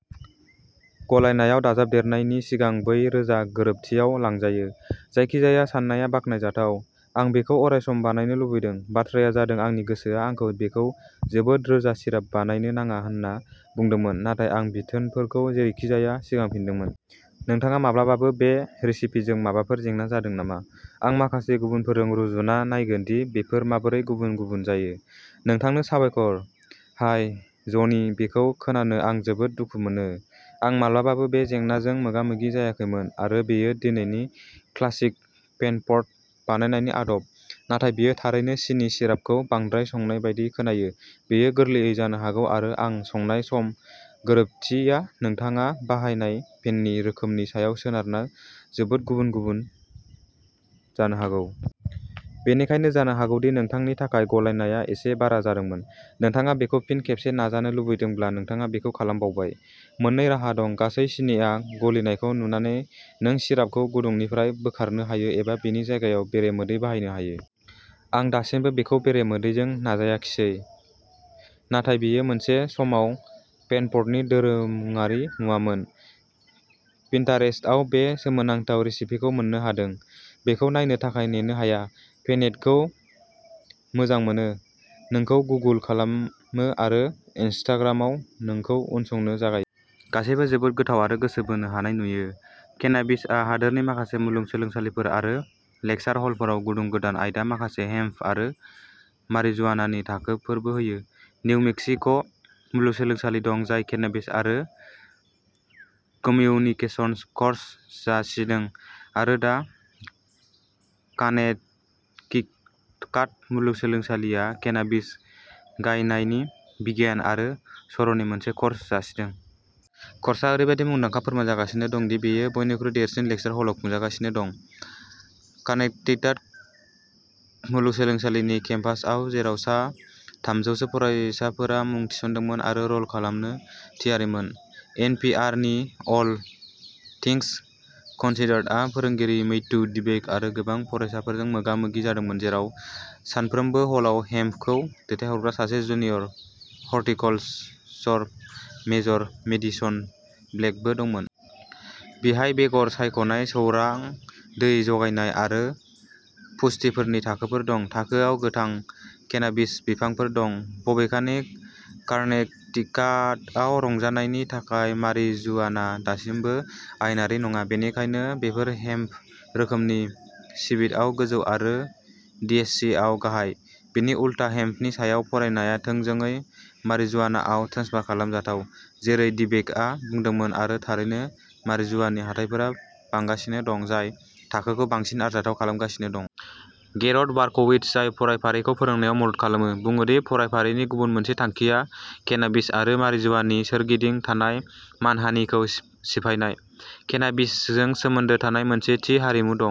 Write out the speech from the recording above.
गलायनायाव दाजाबदेरनायनि सिगां बै रोजा गोरोबथियाव लांजायो। जायखिजाया साननाया बाख्नायजाथाव। आं बेखौ अरायसम बानायनो लुबैदों। बाथ्राया जादों, आंनि गोसोआ आंखौ बेखौ जोबोद रोजा सिराप बानायनो नाङा होनना बुंदोंमोन, नाथाय आं बिथोनफोरखौ जेरैखिजाया सिगांफिनदोंमोन। नोंथाङा माब्लाबाबो बे रेसिपिजों माबाफोर जेंना जादों नामा? आं माखासे गुबुनफोरजों रुजुना नायगोन दि बेफोर माबोरै गुबुन गुबुन जायो। नोंथांनो साबायखर! हाय ज'नि, बेखौ खोनानो आं जोबोद दुखु मोनो। आं माब्लाबाबो बे जेंनाजों मोगा मोगि जायाखैमोन आरो बेयो दिनैनि क्लासिक पेनफर्ट बानायनायनि आदब, नाथाय बेयो थारैनो सिनि सिरापखौ बांद्राय संनाय बायदि खोनायो बेयो गोरलैयै जानो हागौ आरो आं संनाय सम गोरोबथिया नोंथाङा बाहायनाय पेननि रोखोमनि सायाव सोनारना जोबोद गुबुन गुबुन जानो हागौ। बेनिखायनो जानो हागौ दि नोंथांनि थाखाय गलायनाया एसे बारा जादोंमोन। नोंथाङा बेखौ फिन खेबसे नाजानो लुबैदोंब्ला, नोंथाङा बेखौ खालामबावबाय। मोननै राहा दं गासै सिनिआ गलिनायखौ नुनानै नों सिरापखौ गुदुंनिफ्राय बोखारनो हायो एबा बेनि जायगायाव बेरे मोदै बाहायनो हायो। आं दासिमबो बेखौ बेरे मोदैजों नाजाखिसै नाथाय बेयो मोनसे समाव पेनफर्टनि दोरोङारि मुवामोन। पिन्टारेस्टआव बे सोमोनांथाव रेसिपिखौ मोन्नो हादों, बेखौ नायनो थाखाय नेनो हाया पेनेट'नखौ मोजां मोनो, नोंखौ गुगल खालामो आरो इनस्टाग्रामआव नोंखौ उनसंनो जागायो। गासैबो जोबोद गोथाव आरो गोसो बोनो हानाय नुयो। केनाबिसआ हादोरनि माखासे मुलुगसोलोंसालिफोर आरो लेकसार हलफोराव गुदुं गोदान आयदा, माखासेआ हेम्प आरो मारिजुआनानि थाखोफोरबो होयो। निउ मेक्सिक' मुलुगसोलोंसालि दं, जाय केनाबिस आरो कम्युनिकेशंस' कर्स जासिदों आरो दा कानेक्टिकाट मुलुगसोलोंसालिया केनाबिस गायनायनि बिगियान आरो सर'नि मोनसे कर्स जासिदों। कर्सआ ओरैबादि मुंदांखा फोरमान जागासिनो दं दि बेयो बयनिख्रुइ देरसिन लेकसार हलाव खुंजागासिनो दं। कानेक्टिकाट मुलुगसोलोंसालिनि केम्पासआव, जेराव सा थामजौसो फरायसाफोरा मुं थिसनदोंमोन आरो रल खालामनो थियारिमोन। एन पि आर नि अल थिंस कन्सिडर्डआ फोरोंगिरि, मैथ्यू डिबेक' आरो गोबां फरायसाफोरजों मोगा मोगि जादोंमोन, जेराव सानफ्रोमबो ह'लाव हेम्पखौ दैथायहरग्रा सासे, जुनियर हर्टिकल्चर मेजर मेडिसन ब्लेकबो दंमोन। बिहाय बेगर सायख'नाय, सोरां, दै जगायनाय आरो पुष्टिफोरनि थाखोफोर दं। थाखोयाव गोथां केनाबिस बिफांफोर दं। बबेखानि, कानेक्टिकाटआव रंजानायनि थाखाय मारिजुआना दासिमबो आयेनारि नङा, बेनिखायनो बेफोर हेम्प रोखोमनि सिबिडिआव गोजौ आरो टिएचसिआव गाहाय। बिनि उलथा, हेम्पनि सायाव फरायनाया थोंजोङै मारिजुआनाआव ट्रेन्सफार खालामजाथाव, जेरै डिबेक'आ बुंदोंमोन आरो थारैनो, मारिजुआनानि हाथाइफोरा बांगासिनो दं, जाय थाखोखौ बांसिन आरजाथाव खालामगासिनो दं। गेरल्ड बारक'विट्स, जाय फरायफारिखौ फोरोंनायाव मदद खालामो, बुङो दि फरायफारिनि गुबुन मोनसे थांखिया केनाबिस आरो मारिजुआनानि सोरगिदिं थानाय मानहानिखौ सि-सिफायनाय। केनाबिसजों सोमोन्दो थानाय मोनसे थि हारिमु दं।